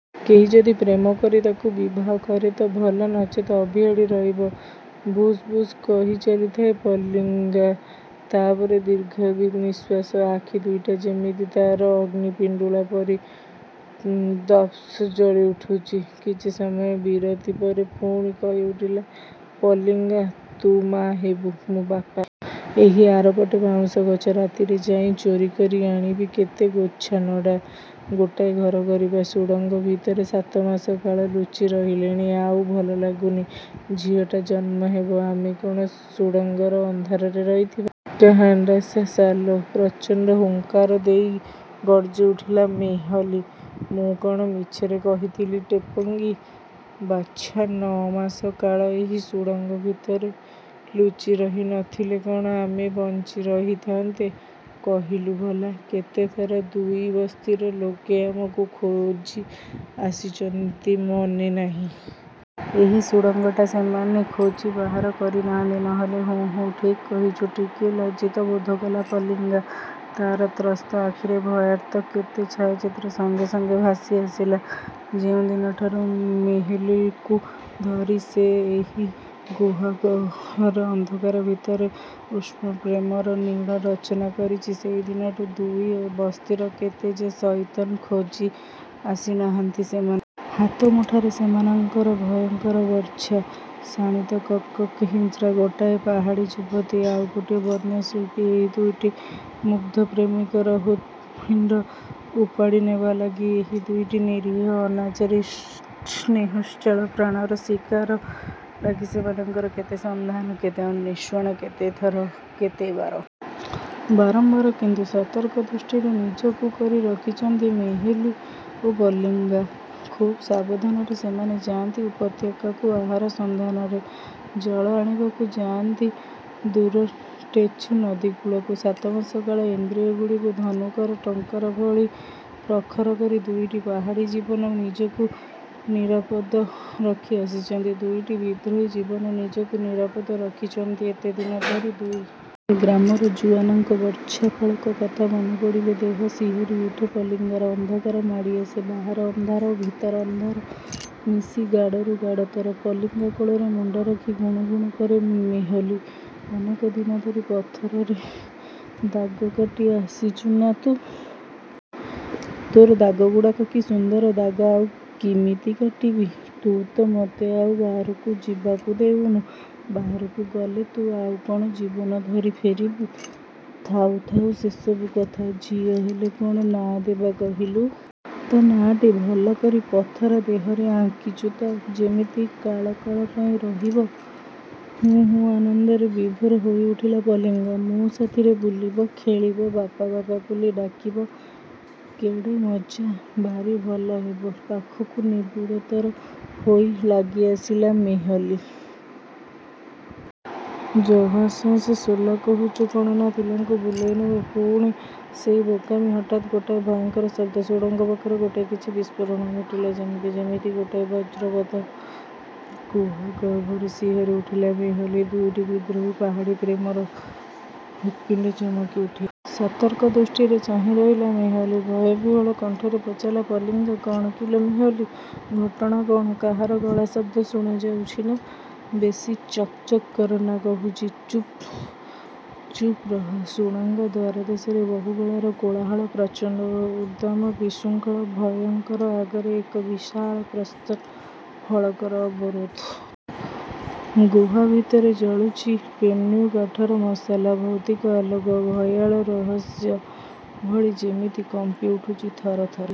କେହି ଯଦି ପ୍ରେମ କରି ତାକୁ ବିବାହ କରେ ତ ଭଲ, ନଚେତ ଅଭିଆଡ଼ୀ ରହିବ। ଭୁସ୍ ଭୁସ୍ କହିଚାଲିଥାଏ ପଲିଙ୍ଗା। ତା ପରେ ଦୀର୍ଘ ନିଶ୍ୱାସ। ଆଖି ଦୁଇଟା ଯେମିତି ତାର ଅଗ୍ନିପିଣ୍ଡୁଳା ପରି ଦପ୍ଦପ୍ ଜଳିଉଠୁଚି। କିଛି ସମୟ ବିରତି ପରେ ପୁଣି କହି ଉଠିଲା ପଲିଙ୍ଗା ତୁ ମା ହେବୁ, ମୁଁ ବାପା ହେବି। ଏହି ଆରପଟେ ବାଉଁଶ ଗଛ। ରାତିରେ ଯାଇ ଚୋରି କରି ଆଣିବି କେତେ ଗୋଛା ନଡ଼ା। ଗୋଟାଏ ଘର କରିବା। ସୁଡ଼ଙ୍ଗ ଭିତରେ ସାତ ମାସ କାଳ ଲୁଚି ରହିଲେଣି। ଆଉ ଭଲ ଲାଗୁନି। ଝିଅଟା ଜନ୍ମ ହେବ। ଆମେ କ'ଣ ସୁଡ଼ଙ୍ଗର ଅନ୍ଧାରରେ ରହିଥିବା? ଇଜାହାଣ୍ଟାସା ସାଲୋ। ପ୍ରଚଣ୍ଡ ହୁଙ୍କାର ଦେଇ ଗର୍ଜିଉଠିଲା ମେହଲୀ। ମୁଁ କଣ ମିଛରେ କହିଥିଲି ଟେପଙ୍ଗା। ବାଚ୍ଛା। ନଅ ମାସ କାଳ ଏହି ସୁଡ଼ଙ୍ଗ ଭିତରେ ଲୁଚି ରହି ନ ଥିଲେ, କ'ଣ ଆମେ ବଞ୍ଚି ରହିଥାଆନ୍ତେ କହିଲୁ ଭଲା! କେତେଥର ଦୁଇ ବସ୍ତିର ଲୋକେ ଆମକୁ ଖୋଜି ଆସିଚନ୍ତି, ମନେ ନାହିଁ? ଏହି ସୁଡ଼ଙ୍ଗଟା ସେମାନେ ଖୋଜି ବାହାର କରି ନାହାନ୍ତି, ନ ହେଲେ ହୁଁ, ହୁଁ, ଠିକ୍ କହିଚୁ। ଟିକିଏ ଲଜ୍ଜିତ ବୋଧ କଲା ପଲିଙ୍ଗା। ତାର ତ୍ରସ୍ତ ଆଖିରେ ଭୟାର୍ତ୍ତ କେତେ ଛାୟାଚିତ୍ର ସଙ୍ଗେ ସଙ୍ଗେ ଭାସିଆସିଲା। ଯେଉଁଦିନଠାରୁ ମେହଲୀକୁ ଧରି ସେ ଏହି ଗୁହାଗହ୍ୱର ଅନ୍ଧକାର ଭିତରେ ଉଷ୍ଣପ୍ରେମର ନୀଡ଼ ରଚନା କରିଚି, ସେହି ଦିନଠୁ ଦୁଇ ବସ୍ତିର କେତେ ଯେ ଶଇତାନ ଖୋଜି ଆସି ନାହାନ୍ତି ସେମାନଙ୍କୁ! ହାତ ମୁଠାରେ ସେମାନଙ୍କର ଭୟଙ୍କର ବର୍ଚ୍ଛା। ଶାଣିତ, ଜକ୍ ଜକ୍, ହିଂସ୍ର। ଗୋଟାଏ ପାହାଡ଼ୀ ଯୁବତୀ, ଆଉ ଗୋଟିଏ ବନ୍ୟ ଶିଳ୍ପୀଏହି ଦୁଇଟି ମୁଗ୍ଧ ପ୍ରେମିକର ହୃତ୍ପିଣ୍ଡକୁ ଉପାଡ଼ିନେବା ଲାଗି, ଏହି ଦୁଇଟି ନିରୀହ, ଅନାଚାରୀ, ସ୍ନେହୋତ୍ସଳ ପ୍ରାଣର ଶିକାର ଲାଗି ସେମାନଙ୍କର କେତେ ସନ୍ଧାନ, କେତେ ଅନ୍ୱେଷଣ କେତେ ଥର, କେତେ ବାର! ବାରମ୍ବାର! କିନ୍ତୁ ସତର୍କ ଦୃଷ୍ଟିରେ ନିଜକୁ ଜଗି ରଖିଛନ୍ତି ମେହଲୀ ଓ ପଲିଙ୍ଗା। ଖୁବ୍ ସାବଧାନରେ ସେମାନେ ଯାଆନ୍ତି ଉପତ୍ୟକାକୁ ଆହାର ସନ୍ଧାନରେ, ଜଳ ଆଣିବାକୁ ଯାଆନ୍ତି ଦୂର ଟେଜୁ ନଦୀ କୂଳକୁ। ସାତମାସ କାଳ ଇନ୍ଦ୍ରିୟଗୁଡ଼ିକୁ ଧନୁକର ଟଙ୍କାର ଭଳି ପ୍ରଖର କରି ଦୁଇଟି ପାହାଡ଼ୀ ଜୀବନ ନିଜକୁ ନିରାପଦ ରଖି ଆସିଛନ୍ତି; ଦୁଇଟି ବିଦ୍ରୋହୀ ଜୀବନ ନିଜକୁ ନିରାପଦ ରଖିଚନ୍ତି ଏତେଦିନ ଧରି। ଦୁଇ ଗ୍ରାମର ଜୁଆନଙ୍କ ବର୍ଚ୍ଛାଫଳକ କଥା ମନେପଡ଼ିଲେ ଦେହ ଶିହରି ଉଠେ ପଲିଙ୍ଗାର। ଅନ୍ଧକାର ମାଡ଼ି ଆସେ। ବାହାର ଅନ୍ଧାର ଓ ଭିତର ଅନ୍ଧାର ମିଶି ଗାଢ଼ରୁ ଗାଢ଼ତର। ପଲିଙ୍ଗା କୋଳରେ ମୁଣ୍ଡ ରଖି ଗୁଣୁ ଗୁଣୁ କରେ ମେହଲୀ। ଅନେକ ଦିନ ଧରି ପଥରରେ ଦାଗ କାଟି ଆସିଚୁ ନା ତୁ? ତୋର ଦାଗଗୁଡ଼ାକ କି ସୁନ୍ଦର! ଦାଗ ଆଉ କିମିତି କାଟିବି? ତୁ ତ ମତେ ଆଉ ବାହାରକୁ ଯିବାକୁ ଦେଉନୁ। ବାହାରକୁ ଗଲେ ତୁ ଆଉ କ'ଣ ଜୀବନ ଧରି ଫେରିବୁ? ଥାଉ ଥାଉ ସେସବୁ କଥା। ଝିଅ ହେଲେ କ'ଣ ନାଁ ଦେବା କହିଲୁ? ତା ନାଁଟି ଭଲ କରି ପଥର ଦେହରେ ଆଙ୍କିବୁ ତ? ଯେମିତି କାଳ କାଳ ପାଇଁ ରହିବ। ହୁଁ, ହୁଁ। ଆନନ୍ଦରେ ବିଭୋର ହୋଇଉଠିଲା ପଲିଙ୍ଗା। ମୋ ସାଥିରେ ବୁଲିବ, ଖେଳିବ, ବାପା ବାପା ବୋଲି ଡାକିବ। କେଡ଼େ ମଜା! ଭାରି ଭଲ ହେବ। ପାଖକୁ ନିବିଡ଼ତର ହୋଇ ଲାଗିଆସିଲା ମେହଲୀ। ଜହାଣ୍ଟାସ ସୋଲାକହୁଚୁ କ'ଣ ନା ପିଲାକୁ ବୁଲେଇ ନେବ। ପୁଣି ସେଇ ବୋକାମି! ହଠାତ୍ ଗୋଟାଏ ଭୟଙ୍କର ଶବ୍ଦ। ସୁଡ଼ଙ୍ଗ ପାଖରେ ଗୋଟାଏ କିଛି ବିସ୍ଫୋରଣ ଘଟିଲା ଯେମିତି। ଯେମିତି ଗୋଟାଏ ବଜ୍ରପାତ। ଗୁହାଗର୍ଭରେ ଶିହରି ଉଠିଲା ମେହଲୀ। ଦୁଇଟି ବିଦ୍ରୋହୀ ପାହାଡ଼ୀ ପ୍ରେମର ହୃତ୍ପିଣ୍ଡ ଚମକି ଉଠିଲା। ସତର୍କ ଦୃଷ୍ଟିରେ ଚାହିଁରହିଲା ମେହଲୀ। ଭୟବିହ୍ୱଳ କଣ୍ଠରେ ପଚାରିଲା ପଲିଙ୍ଗା କ'ଣ କିଲୋ ମେହଲୀ, ଘଟଣା କ'ଣ? କାହାର ଗଳାଶବ୍ଦ ଶୁଣାଯାଉଛି ନା? ବେଶି ବକ୍ ବକ୍ କରନା କହୁଚି। ଚୁପ୍ ରହ। ସୁଡ଼ଙ୍ଗ ଦ୍ୱାରଦେଶରେ ବହୁ ଗଳାର କୋଳାହଳ ପ୍ରଚଣ୍ଡ, ଉଦ୍ଦାମ, ବିଶୃଙ୍ଖଳ, ଭୟଙ୍କର! ଆଗରେ ଏକ ବିଶାଳ ପ୍ରସ୍ତର ଫଳକର ଅବରୋଧ। ଗୁହା ଭିତରେ ଜଳୁଚି ପେନ୍ୟୁ କାଠର ମଶାଲ। ଭୌତିକ ଆଲୋକ, ଭୟାଳ ରହସ୍ୟ ଭଳି ଯେମିତି କମ୍ପି ଉଠୁଚି ଥର ଥର ହୋଇ।